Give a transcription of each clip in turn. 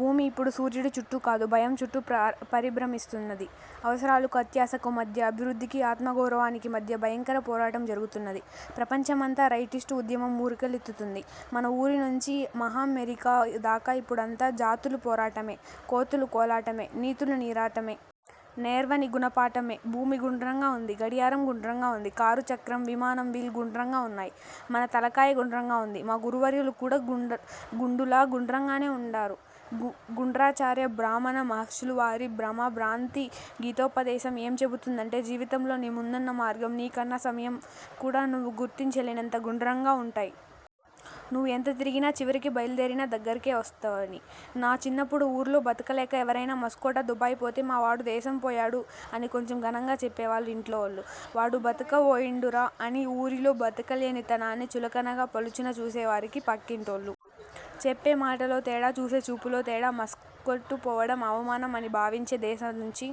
భూమి ఇప్పుడు సూర్యుడి చుట్టూ కాదు, భయం చుట్టూ పరిభ్రమిస్తున్నది. అవసరాలకు అత్యాశకు మధ్య, అభివృద్ధికి ఆత్మగౌరవానికి మధ్య భయంకర పోరాటం జరుగుతున్నది. ప్రపంచమంతా రైటిస్టు ఉద్యమం ఉరకలెత్తుతోంది. మన ఊరి నుంచి మహామెరికా దాకా ఇప్పుడంతటా జాతుల పోరాటమే! కోతుల కోలాటమే! నీతుల నీరాటమే! నేర్వని గుణ పాఠమే! భూమి గుండ్రంగా ఉంది. గడియారం గుండ్రంగా ఉంది. కారు చక్రం, విమానం వీల్ గుండ్రంగా ఉన్నాయి. మన తలకాయ గుండ్రంగా ఉంది. మా గురువర్యులు కూడా గుండులా గుండ్రంగానే ఉంటారు. గుండ్రాచార్య భ్రమణ మహర్షుల వారి భ్రమా భ్రాంతి గీతోపదేశం ఏం చెబుతుందంటే జీవితంలో నీ ముందున్న మార్గం, నీకున్న సమయం కూడా నువ్వు గుర్తించలేనంత గుండ్రంగా ఉంటాయి. నువ్వు ఎంత తిరిగినా, చివరికి బయల్దేరిన దగ్గరికే వస్తావని! నా చిన్నప్పుడు ఊర్లో బతకలేక ఎవరైనా మస్కటో, దుబాయో పోతే 'మా వాడు దేశం పోయాడు' అని కొంచెం ఘనంగా చెప్పేవాళ్లు ఇంటోళ్లు. 'వాడు బతకవోయిండురా' అని ఊరిలో బతకలేని తనాన్ని చులకనగా పలుచన చేసేవారు పక్కింటోళ్లు! చెప్పే మాటలో తేడా. చూసే చూపులో తేడా! మస్కట్కు పోవడం అవమానం అని భావించే దశ నుంచి,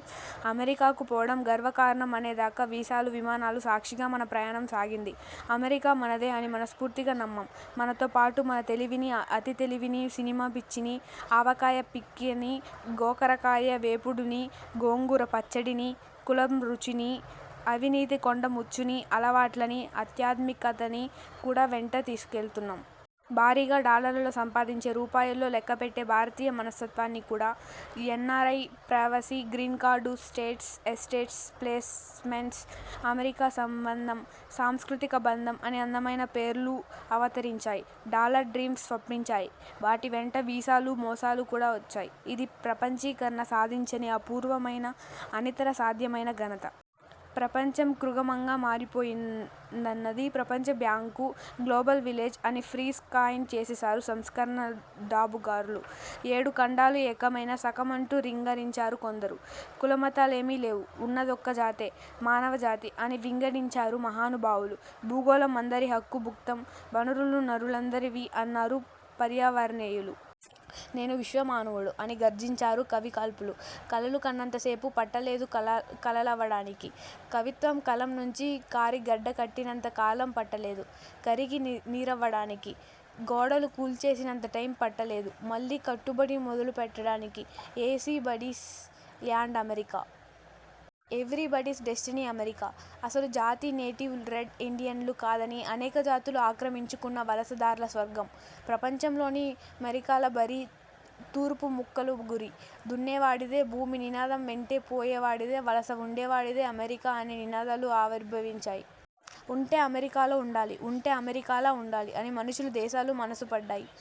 అమెరికాకు పోవడం గర్వకారణం అనే దాకా వీసాలు, విమానాల సాక్షిగా మన ప్రయాణం సాగింది. అమెరికా మనదే అని మనస్ఫూర్తిగా నమ్మాం. మనతో పాటు మన తెలివినీ, అతి తెలివినీ, సినిమా పిచ్చినీ, ఆవకాయ పిక్కనీ, గోకరకాయ వేపుడునీ, గోంగూర పచ్చడినీ, కులం రొచ్చునీ, అవినీతి కొండముచ్చునీ, అలవాట్లనీ, ఆధ్మాత్మికతనీ కూడా వెంట తీసుకువెళ్లాం. భారీగా డాలర్లలో సంపాదించి రూపాయల్లో లెక్కపెట్టే భారతీయ మనస్తత్వాన్ని కూడా! ఎన్నారై, ప్రవాసీ, green card, states, estates, placements, America సంబంధం, సాంస్కృతిక బంధం అని అందమైన పేర్లు అవతరించాయి. Dollar dreams స్వప్నించాయి. వాటి వెంటే వీసాలు, మోసాలు కూడా వచ్చాయి. ఇదీ ప్రపంచీకరణ సాధించిన అపూర్వమైన, అనితర సాధ్యమైన ఘనత! ప్రపంచం కుగ్రామంగా మారిపోయిందన్నది ప్రపంచ బ్యాంకు. గ్లోబల్ విలేజ్ అని ఫ్రేజ్ కాయిన్ చేసేశారు సంస్కరణల డాబుగార్లు. ఏడు ఖండాలూ ఏకమైన శకమంటూ రింగరించారు కొందరు. కులమతాలేమీ లేవు, ఉన్నదొక్క జాతే. మానవ జాతి అని వింగడించారు మహానుభావులు భూగోళం అందరి హక్కు భుక్తం, వనరులు నరులందరివీ అన్నారు పర్యావరేణ్యులు. 'నేను విశ్వ మానవుడ' అని గర్జించారు కవికల్పులు! కలలు కన్నంత సేపు పట్టలేదు కల్లలవడానికి! కవిత్వం కలం నుంచి కారి గడ్డ కట్టినంత కాలం పట్టలేదు, కరిగి నీరవ్వడానికి! గోడలు కూల్చేసినంత టైం పట్టలేదు, మళ్లీ కట్టుబడి మొదలు పెట్టడానికి! Anybody's land America! Everybody's destiny America! అసలు జాతి నేటివ్ రెడ్ ఇండియన్లను కాదని, అనేక జాతులు ఆక్రమించుకున్న వలస దార్ల స్వర్గం! ప్రపంచంలోని మెరికల బరి! తురుపు ముక్కల గురి! దున్నేవాడిదే భూమి నినాదం వెంటే పోయేవాడిదే వలస ఉండే వాడిదే అమెరికా అనే నినాదాలూ ఆవిర్భవించాయి. 'ఉంటే అమెరికాలో ఉండాలి. ఉంటే అమెరికాలా ఉండాలి'అని మనుషులు, దేశాలు మనసు పడ్డాయి.